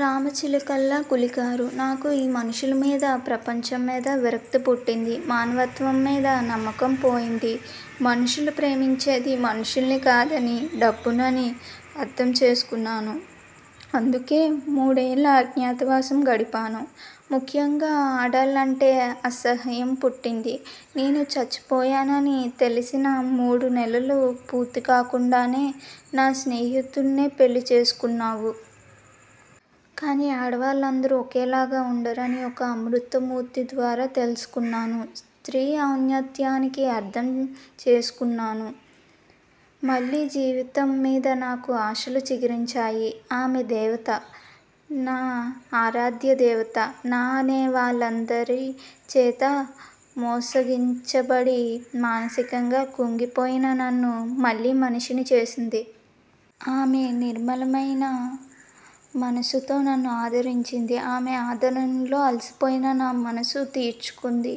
రామ చిలుకల్లా కూలికారు. నాకు ఈ మనుషుల మీద, ప్రపంచం మీద విరక్తి పుట్టింది. మానవత్వం మీద నమ్మకం పోయింది. మనుషులు ప్రేమించేది మనుష్యుల్ని కాదనీ, డబ్బుననీ అర్థం చేసుకొన్నాను. అందుకే మూడేళ్ళు అజ్ఞాతవాసం గడిపాను. ముఖ్యంగా ఆడాళ్లంటే అసహ్యం పుట్టింది. నేను చచ్చిపోయానని తెలిసిన మూడు నెలలు పూర్తి కాకుండానే నా స్నేహితుడ్నే పెళ్ళి చేసుకోన్నావు. కాని ఆడవాళ్ళందరూ ఒక్కలాగే ఉండరని ఒక అమృత మూర్తి ద్వారా తెలుసుకొన్నాను స్త్రీ ఔన్నత్యాన్ని అర్థం చేసుకొన్నాను. మళ్ళీ జీవితం మీద నాకు ఆశలు చిగురించాయి. ఆమే దేవత. నా ఆరాధ్య దేవత. నా అనే వాళ్ళందరి చేతా మోసగించబడి, మానసికంగా కుంగి పోయిన నన్ను మళ్ళీ మనిషిని చేసింది. ఆమే నిర్మలమైన మనసుతో నన్ను ఆదరించింది. ఆమే ఆదరణలో అలసిపోయిన నా మనసు తీర్చుకుంది.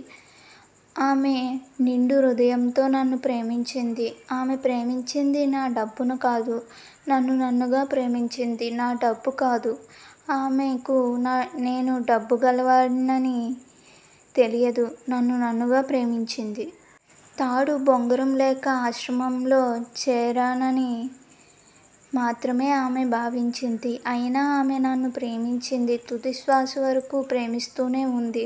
ఆమె నిండు హృదయంతో నన్ను ప్రేమించింది. ఆమె ప్రేమించింది నా డబ్బును కాదు. నన్ను నన్నుగా ప్రేమించింది. నా డబ్బు కాదు. ఆమెకు నేను డబ్బు గలవాడినని తెలియదు. నన్ను నన్నుగా ప్రేమించింది. తాడూ బొంగరం లేక ఆశ్రమంలో చేరానని మాత్రమే ఆమె భావించింది. అయినా ఆమె నన్ను ప్రేమించింది. తుది శ్వాసవరకూ ప్రేమిస్తూనే ఉంది.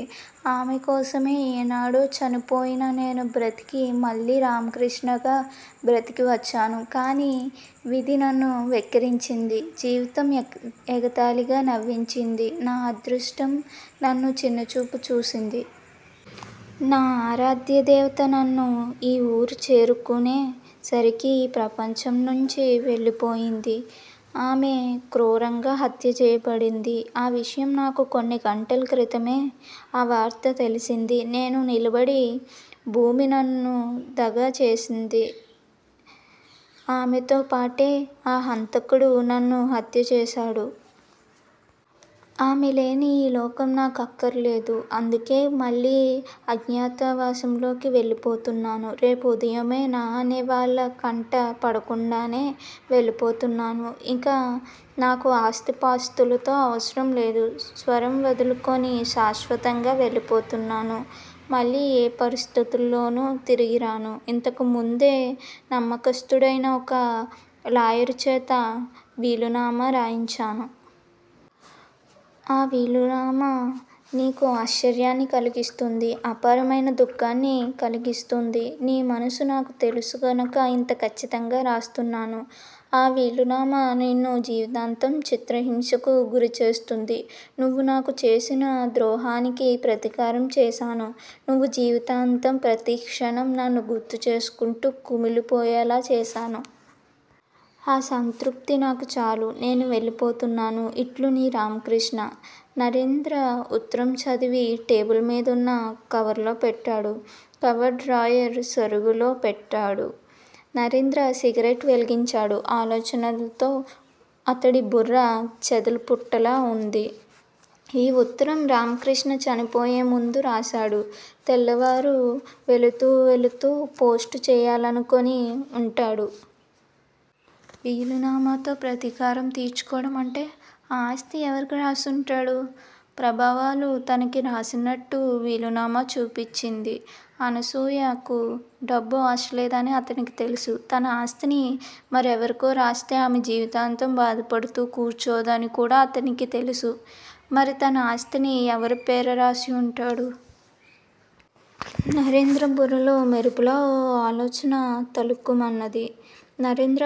ఆమె కోసమే ఏనాడో చనిపోయినా నేను బ్రతికి మళ్లీ రామకృష్ణగా బ్రతికివచ్చాను. కాని విధి నన్ను వెక్కిరించింది. జీవితం ఎగతాళిగా నవించిది నా అదృష్టం నన్ను చిన్న చూపు చూసింది. నా ఆరాధ్య దేవత నేను ఈ ఊరు చేరుకునే సరికే ఈ ప్రపంచం నుంచి వెళ్ళిపోయింది. ఆమె క్రూరంగా హత్య చెయ్యబడింది. ఆ విషయం నాకు కొన్నిగంటల క్రితమే ఆ వార్త తెలిసింది. నేను నిలబడి భూమి నన్ను దగా చేసింది. ఆమెతో పాటే ఆ హంతకుడు నన్నూ హత్యచేశాడు. ఆమె లేని ఈలోకం నాకు అక్కర్లేదు. అందుకే మళ్ళీ అజ్ఞాత వాసంలోకి వెళ్ళిపోతున్నాను. రేపు ఉదయమే, నా అనే వాళ్ళ కంట పడకుండానే వెళ్ళిపోతున్నాను. ఇక నాకు ఆస్తిపాస్తులతో అవసరం లేదు. సర్వం వదులుకొని శాశ్వతంగా వెళ్ళిపోతున్నాను. మళ్ళీ ఏ పరిస్థితిలోనూ తిరిగిరాను. ఇంతకు ముందే నమ్మకస్తుడైన ఒక లాయరుచేత వీలునామ రాయించాను. ఆ వీలునామా నీకు ఆశ్చర్యాన్ని కలిగిస్తుంది. అపారమైన దుఃఖాన్ని కలిగిస్తుంది. నీ మనసు నాకు తెలుసు గనుక ఇంత ఖచ్చితంగా రాస్తున్నాను. ఆ వీలునామా నిన్ను జీవితాంతం చిత్రహింసకు గురిచేస్తుంది. నువ్వు నాకు చేసిన ద్రోహానికి ప్రతీకారం చేశాను. నువ్వు జీవితాంతం, ప్రతిక్షణం, నన్ను గుర్తుచేసుకుంటూ కుమిలి పోయేలా చేశాను. ఆ సంతృప్తి నాకు చాలు. నేను వెళ్ళిపోతున్నాను. ఇట్లు నీ రామకృష్ణ. నరేంద్ర ఉత్తరం చదివి, టేబుల్ మీదున్న కవర్లో పెట్టాడు. కవరు డ్రాయిర్ సొరుగులో పెట్టాడు. నర్రేంద్ర సిగరెట్ వెలిగించాడు. ఆలోచనలతో అతడి బుర్ర చెదల పుట్టలా ఉంది. ఈ ఉత్తరం రామకృష్ణ చనిపోయే ముందు రాశాడు తెల్లవారూ వెళ్తూ వెళుతూ పోస్టు చెయ్యాలనుకొని ఉంటాడు. వీలునామతో ప్రతీకారం తీర్చుకోవడం అంటే? ఆ ఆస్తి ఎవరికీ రాసి ఉంటాడు? ప్రభావాలు తనకు రాసినట్టు వీలునామా చూపించింది. అనసూయకు డబ్బు ఆశలేదని అతడికి తెలుసు. తన ఆస్తిని మరెవరికో రాస్తే ఆమె జీవితాంతం బాధపడుతూ కూర్చోదని కూడా అతడికి తెలుసు. మరి తన ఆస్తిని ఎవరి పేర రాసి ఉంటాడు. నరేంద్ర బుర్రలో మెరుపులా ఓ ఆలోచన తలుక్కుమన్నది. నరేంద్ర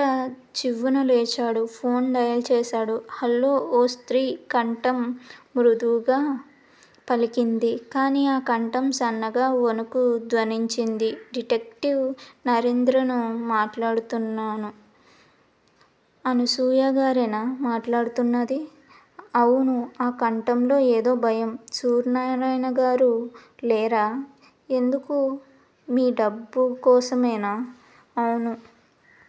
చివ్వున లేచాడు. ఫోన్ డయల్ చేశాడు. హల్లో ఓ స్త్రీ కంఠం మృదువుగా పలికింది. కాని ఆ కంఠం సన్నగా ఒణుకు ధ్వనించింది. డిటెక్టివ్ నరేంద్రను మాట్లాడుతున్నాను అనసూయగారేనా మాట్లాడుతున్నాది? అవును! ఆ కంఠంలో ఏదో భయం. సూర్యనారాయణగారు లేరా? ఎందుకూ మీ డబ్బు కోసమేనా? అవును.